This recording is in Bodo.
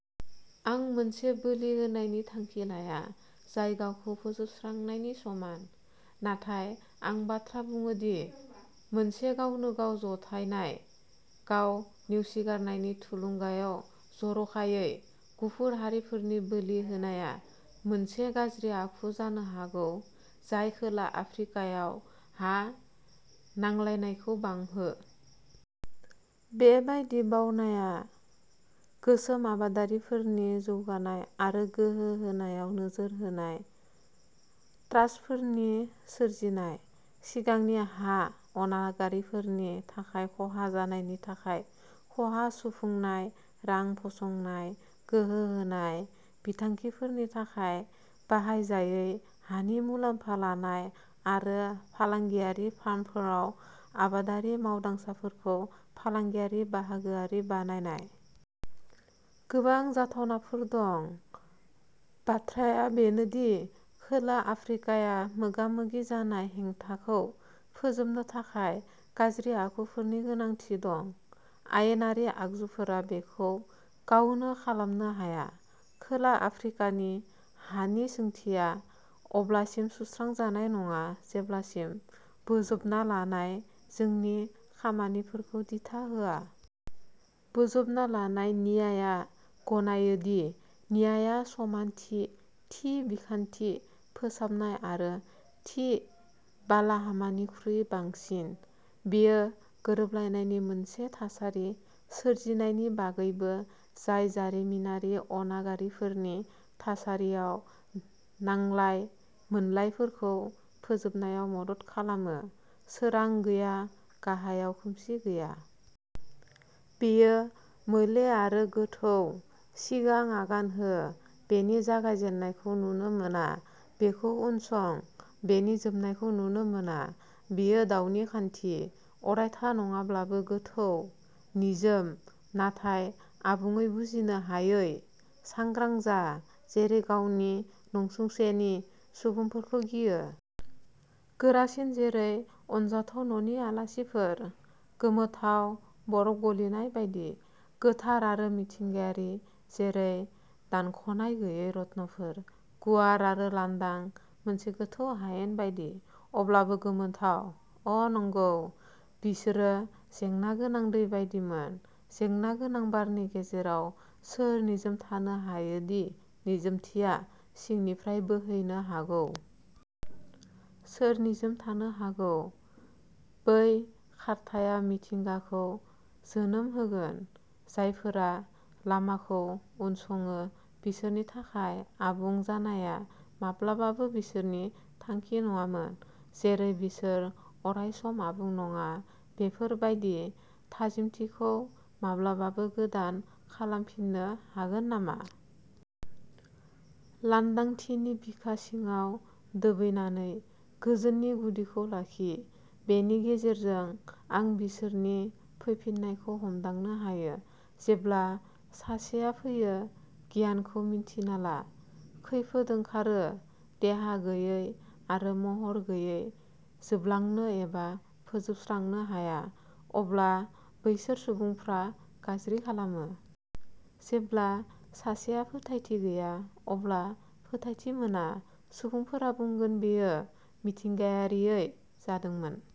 आं मोनसे बोलि होनायनि थांखि लाया जाय गावखौ फोजोबस्रांनायनि समान, नाथाय आं बाथ्रा बुङो दि मोनसे गावनो-गाव जथायनाय। गाव-नेवसिगारनायनि थुलुंगायाव जर'खायै गुफुर हारिफोरनि बोलि होनाया मोनसे गाज्रि आखु जानो हागौ जाय खोला आफ्रिकायाव हा नांलायनायखौ बांहो। बेबादि बावनाया गोसोम आबादारिफोरनि जौगानाय आरो गोहो होनायाव नोजोर होनाय ट्रास्टफोरनि सोरजिनाय; सिगांनि हा अनागारिफोरनि थाखाय खहा जानायनि थाखाय खहा सुफुंनाय रां फसंनाय; गोहो होनाय बिथांखिफोरनि थाखाय बाहायजायै हानि मुलाम्फा लानाय; आरो फालांगियारि फार्मफोराव आबादारि मावदांसाफोरखौ फालांगियारि बाहागोआरि बानायनाय। गोबां जाथावनाफोर दं। बाथ्राआ बेनो दि खोला आफ्रिकाया मोगा-मोगि जानाय हेंथाखौ फोजोबनो थाखाय गाज्रि आखुफोरनि गोनांथि दं। आयेनारि आगजुफोरा बेखौ गावनो खालामनो हाया। खोला आफ्रिकानि हानि सोंथिया अब्लासिम सुस्रां जानाय नङा जेब्लासिम बोजबना लानाय जोंनि खामानिफोरखौ दिथा होआ। बोजबना लानाय न्यायआ गनायो दि न्यायआ समानथि, थि बिखान्थि, फोसाबनाय आरो थि बालाहामानिख्रुइ बांसिन; बेयो गोरोबलायनायनि मोनसे थासारि सोरजिनायनि बागैबो जाय जारिमिनारि अनागारिफोरनि थासारियाव नांलाय-मोनलायफोरखौ फोजोबनायाव मदद खालामो। सोरां गैया; गाहायाव, खोमसि गैया। बेयो मोले आरो गोथौ। सिगां आगान हो, बेनि जागायजेन्नायखौ नुनो मोना; बेखौ उनसं, बेनि जोबनायखौ नुनो मोना। बेयो दावनि खान्थि। अरायथा नङाब्लाबो गोथौ, निजोम नाथाय आबुङै बुजिनो हायै। सांग्रां जा, जेरै गावनि नसुंसेनि सुबुंफोरखौ गियो। गोरासिन, जेरै अनजाथाव न'नि आलासिफोर। गोमोथाव, बरफ गलिनाय बायदि। गोथार आरो मिथिंगायारि, जेरै दानख'नाय गैयै रत्नफोर। गुवार आरो लांदां, मोनसे गोथौ हायेन बायदि। अब्लाबो गोमोथाव, अ'नंगौ, बिसोरो जेंनागोनां दै बायदिमोन। जेंनागोनां बारनि गेजेराव सोर निजोम थानो हायो, दि निजोमथिया सिंनिफ्राय बोहैनो हागौ? सोर निजोम थानो हागौ, बै खारथाया मिथिंगाखौ जोनोम होगोन? जायफोरा लामाखौ उनसङो, बिसोरनि थाखाय आबुं जानाया माब्लाबाबो बिसोरनि थांखि नङामोन। जेरै बिसोर अरायसम आबुं नङा, बेफोर बायदि थाजिमथिखौ माब्लाबाबो गोदान खालामफिननो हागोन नामा। लांदांथिनि बिखा सिङाव दोबैनानै, गोजोननि गुदिखौ लाखि। बेनि गेजेरजों आं बिसोरनि फैफिन्नायखौ हमदांनो हायो। जेब्ला सासेया फैया। गियानखौ मिन्थिना ला, खैफोद ओंखारो! देहा गैयै आरो महर गैयै, जोबलांनो एबा फोजोबस्रांनो हाया। अब्ला बैसोर सुबुंफ्रा गाज्रि खालामो। जेब्ला सासेहा फोथायथि गैया, अब्ला फोथायथि मोना। सुबुंफोरा बुंगोन बेयो मिथिंगायारियै जादोंमोन।